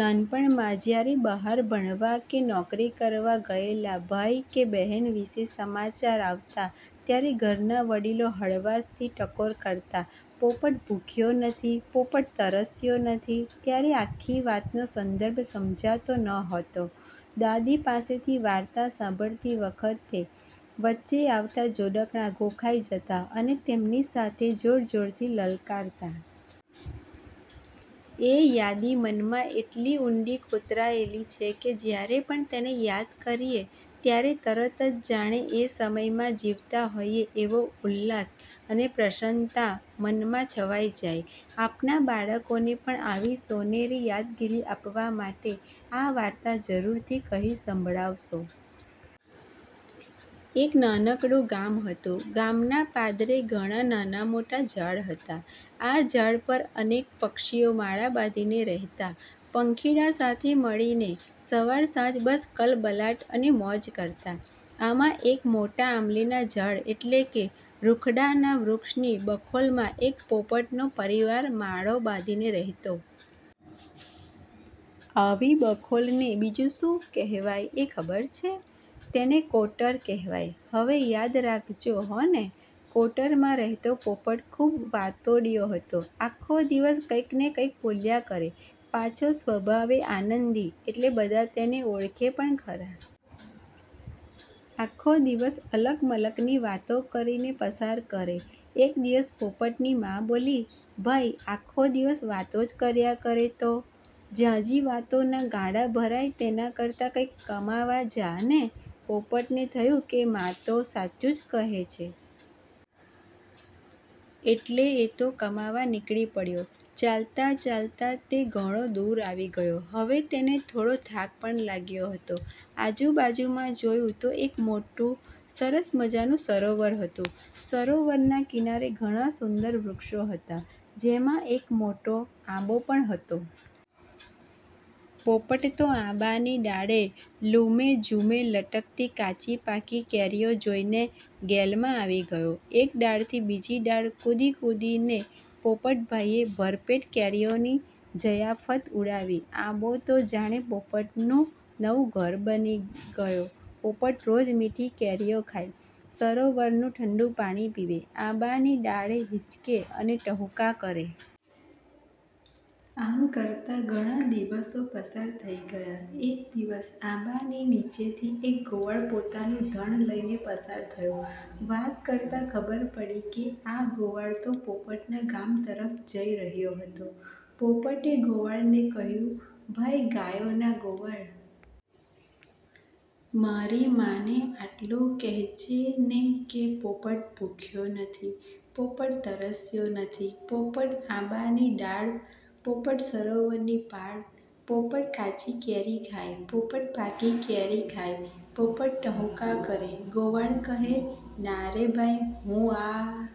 નાનપણમાં જ્યારે બહાર ભણવા કે નોકરી કરવા ગયેલા ભાઈ કે બહેન વિશે સમાચાર આવતા, ત્યારે ઘરના વડીલો હળવાશથી ટકોર કરતા, “પોપટ ભૂખ્યો નથી, પોપટ તરસ્યો નથી.” ત્યારે આખી વાતનો સંદર્ભ સમજાતો નહોતો. દાદી પાસેથી વાર્તા સાંભળતી વખતે વચ્ચે આવતા જોડકણાં ગોખાઈ જતા અને તેમની સાથે જોરજોરથી લલકારતા. એ યાદી મનમાં એટલી ઊંડી કોતરાયેલી છે કે જ્યારે પણ તેને યાદ કરીએ, ત્યારે તરત જ જાણે એ સમયમાં જીવતા હોઈએ એવો ઉલ્લાસ અને પ્રસન્નતા મનમાં છવાઈ જાય. આપના બાળકોને પણ આવી સોનેરી યાદગીરી આપવા માટે આ વાર્તા જરૂરથી કહી સંભળાવશો. એક નાનકડું ગામ હતું. ગામના પાદરે ઘણાં નાનાં-મોટાં ઝાડ હતાં. આ ઝાડ પર અનેક પક્ષીઓ માળા બાંધીને રહેતા. પંખીડાં સાથે મળીને સવાર-સાંજ બસ કલબલાટ અને મોજ કરતા. આમાં એક મોટા આમલીના ઝાડ એટલે કે રૂખડાના વૃક્ષની બખોલમાં એક પોપટનો પરિવાર માળો બાંધીને રહેતો. આવી બખોલને બીજું શું કહેવાય એ ખબર છે? તેને “કોટર” કહેવાય. હવે યાદ રાખજો હોં ને! કોટરમાં રહેતો પોપટ ખૂબ વાતોડિયો હતો. આખો દિવસ કંઈક ને કંઈક બોલ્યા કરે. પાછો સ્વભાવે આનંદી, એટલે બધા તેને ઓળખે પણ ખરા. આખો દિવસ અલક-મલકની વાતો કરીને પસાર કરે. એક દિવસ પોપટની મા બોલી, “ભાઈ, આખો દિવસ વાતો જ કર્યા કરે તો? ઝાઝી વાતોનાં ગાડાં ભરાય તેના કરતાં કંઈક કમાવા જા ને!” પોપટને થયું કે મા તો સાચું જ કહે છે. એટલે એ તો કમાવા નીકળી પડ્યો. ચાલતાં-ચાલતાં તે ઘણો દૂર આવી ગયો. હવે તેને થોડો થાક પણ લાગ્યો હતો. આજુબાજુમાં જોયું તો એક મોટું, સરસ મજાનું સરોવર હતું. સરોવરના કિનારે ઘણાં સુંદર વૃક્ષો હતાં, જેમાં એક મોટો આંબો પણ હતો. પોપટ તો આંબાની ડાળે લૂમેઝૂમે લટકતી કાચી-પાકી કેરીઓ જોઈને ગેલમાં આવી ગયો. એક ડાળથી બીજી ડાળ કૂદી-કૂદીને પોપટભાઈએ ભરપેટ કેરીઓની જયાફત ઉડાવી. આંબો તો જાણે પોપટનું નવું ઘર બની ગયો. પોપટ રોજ મીઠી કેરીઓ ખાય, સરોવરનું ઠંડું પાણી પીવે, આંબાની ડાળે હિંચકે અને ટહુકા કરે. આમ કરતાં ઘણાં દિવસો પસાર થઈ ગયા. એક દિવસ આંબાની નીચેથી એક ગોવાળ પોતાનું ધણ લઈને પસાર થયો. વાત કરતાં ખબર પડી કે આ ગોવાળ તો પોપટના ગામ તરફ જઈ રહ્યો હતો. પોપટે ગોવાળને કહ્યું, “ભાઈ ગાયોના ગોવાળ! મારી મા ને આટલું કહેજે ને કે, ‘પોપટ ભૂખ્યો નથી, પોપટ તરસ્યો નથી, પોપટ આંબાની ડાળ, પોપટ સરોવરની પાળ. પોપટ કાચી કેરી ખાય, પોપટ પાકી કેરી ખાય, પોપટ ટહૂકા કરે!’” ગોવાળ કહે, “ના રે ભાઈ, હું આ...